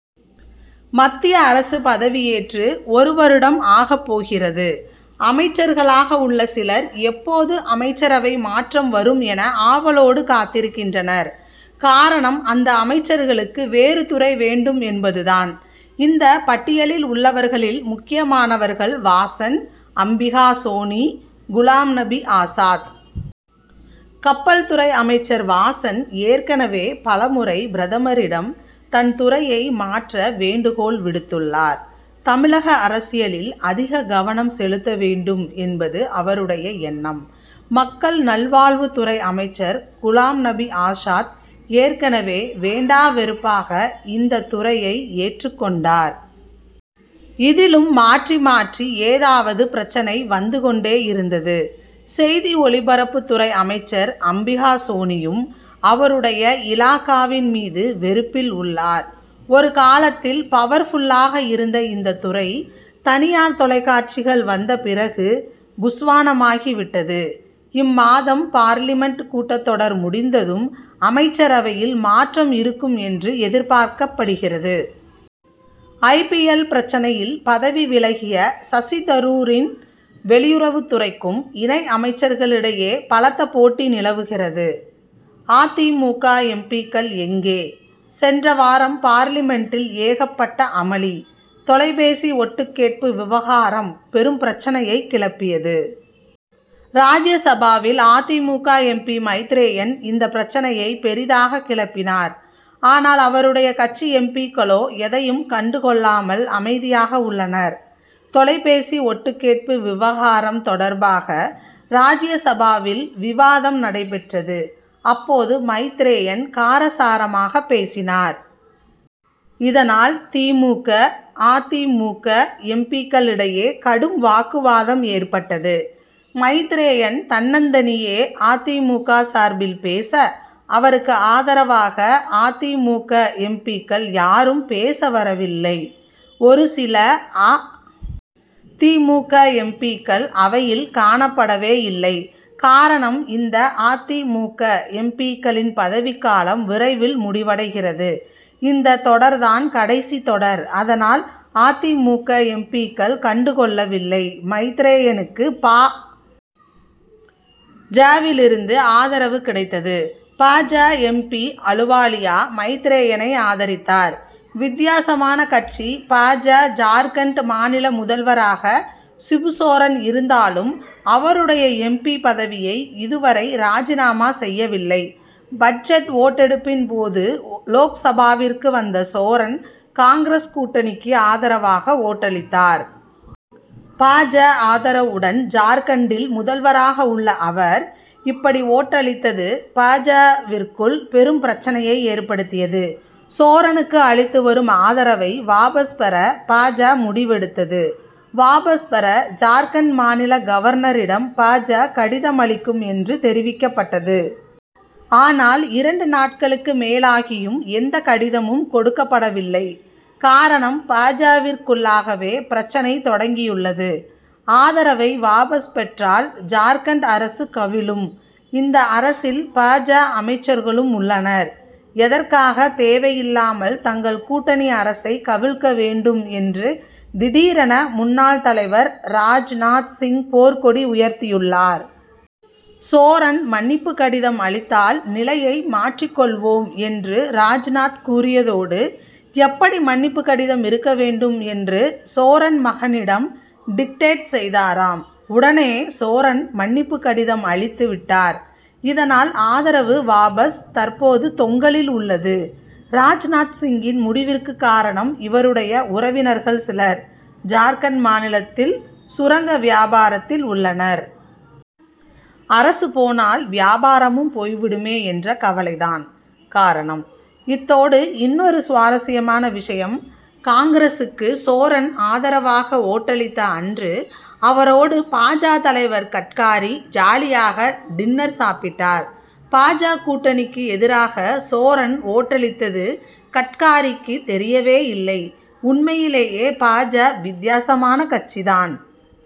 மத்திய அரசு பதவியேற்று ஒரு வருடம் ஆகப் போகிறது. அமைச்சர்களாக உள்ள சிலர், எப்போது அமைச்சரவை மாற்றம் வரும் என, ஆவலோடு காத்திருக்கின்றனர். காரணம், அந்த அமைச்சர்களுக்கு வேறு துறை வேண்டும் என்பது தான். இந்த பட்டியலில் உள்ளவர்களில் முக்கியமானவர்கள் வாசன், அம்பிகா சோனி, குலாம் நபி ஆசாத். கப் பல் துறை அமைச்சர் வாசன், ஏற்கனவே பலமுறை பிரதமரிடம் தன் துறையை மாற்ற வேண்டுகோள் விடுத்துள்ளார். தமிழக அரசியலில் அதிக கவனம் செலுத்த வேண்டும் என்பது அவருடைய எண்ணம். மக்கள் நல்வாழ்வுத் துறை அமைச்சர் குலாம் நபி ஆசாத், ஏற்கனவே வேண்டா வெறுப்பாக இந்த துறையை ஏற்றுக் கொண்டார். இதிலும் மாற்றி மாற்றி ஏதாவது பிரச்னை வந்து கொண்டேயிருந்தது. செய்தி ஒளிபரப்புத் துறை அமைச்சர் அம்பிகா சோனியும், அவருடைய இலாகாவின் மீது வெறுப்பில் உள்ளார். ஒரு காலத்தில் பவர்புல் ஆக இருந்த இந்த துறை, தனியார் தொலைக்காட்சிகள் வந்த பிறகு புஸ்வாணமாகி விட்டது. இம்மாதம் பார்லிமென்ட் கூட்டத் தொடர் முடிந்ததும், அமைச்சரவையில் மாற்றம் இருக்கும் என்று எதிர்பார்க்கப்படுகிறது. ஐ. பி. எல்., பிரச்னையில் பதவி விலகிய சசி தரூரின் வெளியுறவுத் துறைக்கும், இணை அமைச்சர்களிடையே பலத்த போட்டி நிலவுகிறது. அ. தி. மு. க., எம். பி.,க்கள் எங்கே? சென்ற வாரம் பார்லிமென்ட்டில் ஏகப்பட்ட அமளி. தொலைபேசி ஒட்டுக் கேட்பு விவகாரம் பெரும் பிரச்னையைக் கிளப்பியது. ராஜ்யசபாவில் அ. தி. மு. க., எம். பி., மைத்ரேயன் இந்த பிரச்னையை பெரிதாக கிளப்பினார். ஆனால், அவருடைய கட்சி எம். பி.,க்களோ, எதையும் கண்டு கொள்ளாமல் அமைதியாக உள்ளனர். தொலைபேசி ஒட்டு கேட்பு விவகாரம் தொடர்பாக ராஜ்ய சபாவில் விவாதம் நடைபெற்றது. அப்போது மைத்ரேயன் காரசாரமாகப் பேசினார். இதனால் தி. மு. க., அ. தி. மு. க., எம். பி.,க்களிடையே கடும் வாக்குவாதம் ஏற்பட்டது. மைத்ரேயன் தன்னந்தனியே அ. தி. மு. க., சார்பில் பேச, அவருக்கு ஆதரவாக அ. தி. மு. க., எம். பி.,க்கள் யாரும் பேச வரவில்லை. ஒரு சில அ. தி. மு. க., எம். பி.,க்கள் அவையில் காணப்படவே இல்லை. காரணம், இந்த அ. தி. மு. க., எம். பி.,க்களின் பதவிக்காலம் விரைவில் முடிவடைகிறது. இந்த தொடர் தான் கடைசி தொடர். அதனால், அ. தி. மு. க., எம். பி.,க்கள் கண்டுகொள்ளவில்லை. மைத்ரேயனுக்கு பா. ஜ.,விலிருந்து ஆதரவு கிடைத்தது. பா. ஜ., எம். பி., அலுவாலியா, மைத்ரேயனை ஆதரித்தார். வித்தியாசமான கட்சி பா. ஜ., ஜார்க்கண்ட் மாநில முதல்வராக சிபுசோரன் இருந்தாலும், அவருடைய எம். பி., பதவியை இதுவரை ராஜினாமா செய்யவில்லை. பட்ஜெட் ஓட்டெடுப்பின் போது லோக்சபாவிற்கு வந்த சோரன், காங்கிரஸ் கூட்டணிக்கு ஆதரவாக ஓட்டளித்தார். பா. ஜ., ஆதரவுடன் ஜார்க்கண்டில் முதல்வராக உள்ள அவர், இப்படி ஓட்டளித்தது பா. ஜ.,விற்குள் பெரும் பிரச்னையை ஏற்படுத்தியது. சோரனுக்கு அளித்து வரும் ஆதரவை வாபஸ் பெற பா. ஜ., முடிவெடுத்தது. வாபஸ் பெற ஜார்க்கண்ட் மாநில கவர்னரிடம் பா. ஜ., கடிதம் அளிக்கும் என்று தெரிவிக்கப்பட்டது. ஆனால், இரண்டு நாட்களுக்கு மேலாகியும் எந்த கடிதமும் கொடுக்கப்படவில்லை. காரணம் பா. ஜ.,விற்குள்ளாகவே பிரச்னை தொடங்கியுள்ளது. ஆதரவை வாபஸ் பெற்றால் ஜார்க்கண்ட் அரசு கவிழும். இந்த அரசில் பா. ஜ., அமைச்சர்களும் உள்ளனர். எதற்காக தேவையில்லாமல் தங்கள் கூட்டணி அரசை கவிழ்க்க வேண்டும் என்று திடீரென முன்னாள் தலைவர் ராஜ்நாத் சிங் போர்க்கொடி உயர்த்தியுள்ளார். 'சோரன் மன்னிப்பு கடிதம் அளித்தால், நிலையை மாற்றிக் கொள்வோம்' என்று ராஜ்நாத் கூறியதோடு, எப்படி மன்னிப்பு கடிதம் இருக்க வேண்டும் என்று சோரன் மகனிடம் டிக்டேட் செய்தாராம். உடனே சோரன், மன்னிப்பு கடிதம் அளித்து விட்டார். இதனால் ஆதரவு வாபஸ் தற்போது தொங்கலில் உள்ளது. ராஜ்நாத் சிங்கின் முடிவிற்கு காரணம், இவருடைய உறவினர்கள் சிலர், ஜார்க்கண்ட் மாநிலத்தில் சுரங்க வியாபாரத்தில் உள்ளனர். அரசு போனால் வியாபாரமும் போய்விடுமே என்ற கவலை தான் காரணம். இத்தோடு இன்னொரு சுவாரசியமான விஷயம்காங்கிரசுக்கு சோரன் ஆதரவாக ஓட்டளித்த அன்று, அவரோடு பா. ஜ., தலைவர் கட்காரி, ஜாலியாக டின்னர் சாப்பிட்டார். பா. ஜ., கூட்டணிக்கு எதிராக சோரன் ஓட்டளித்தது கட்காரிக்கு தெரியவே இல்லை. உண்மையிலேயே பா. ஜ., வித்தியாசமான கட்சி தான்.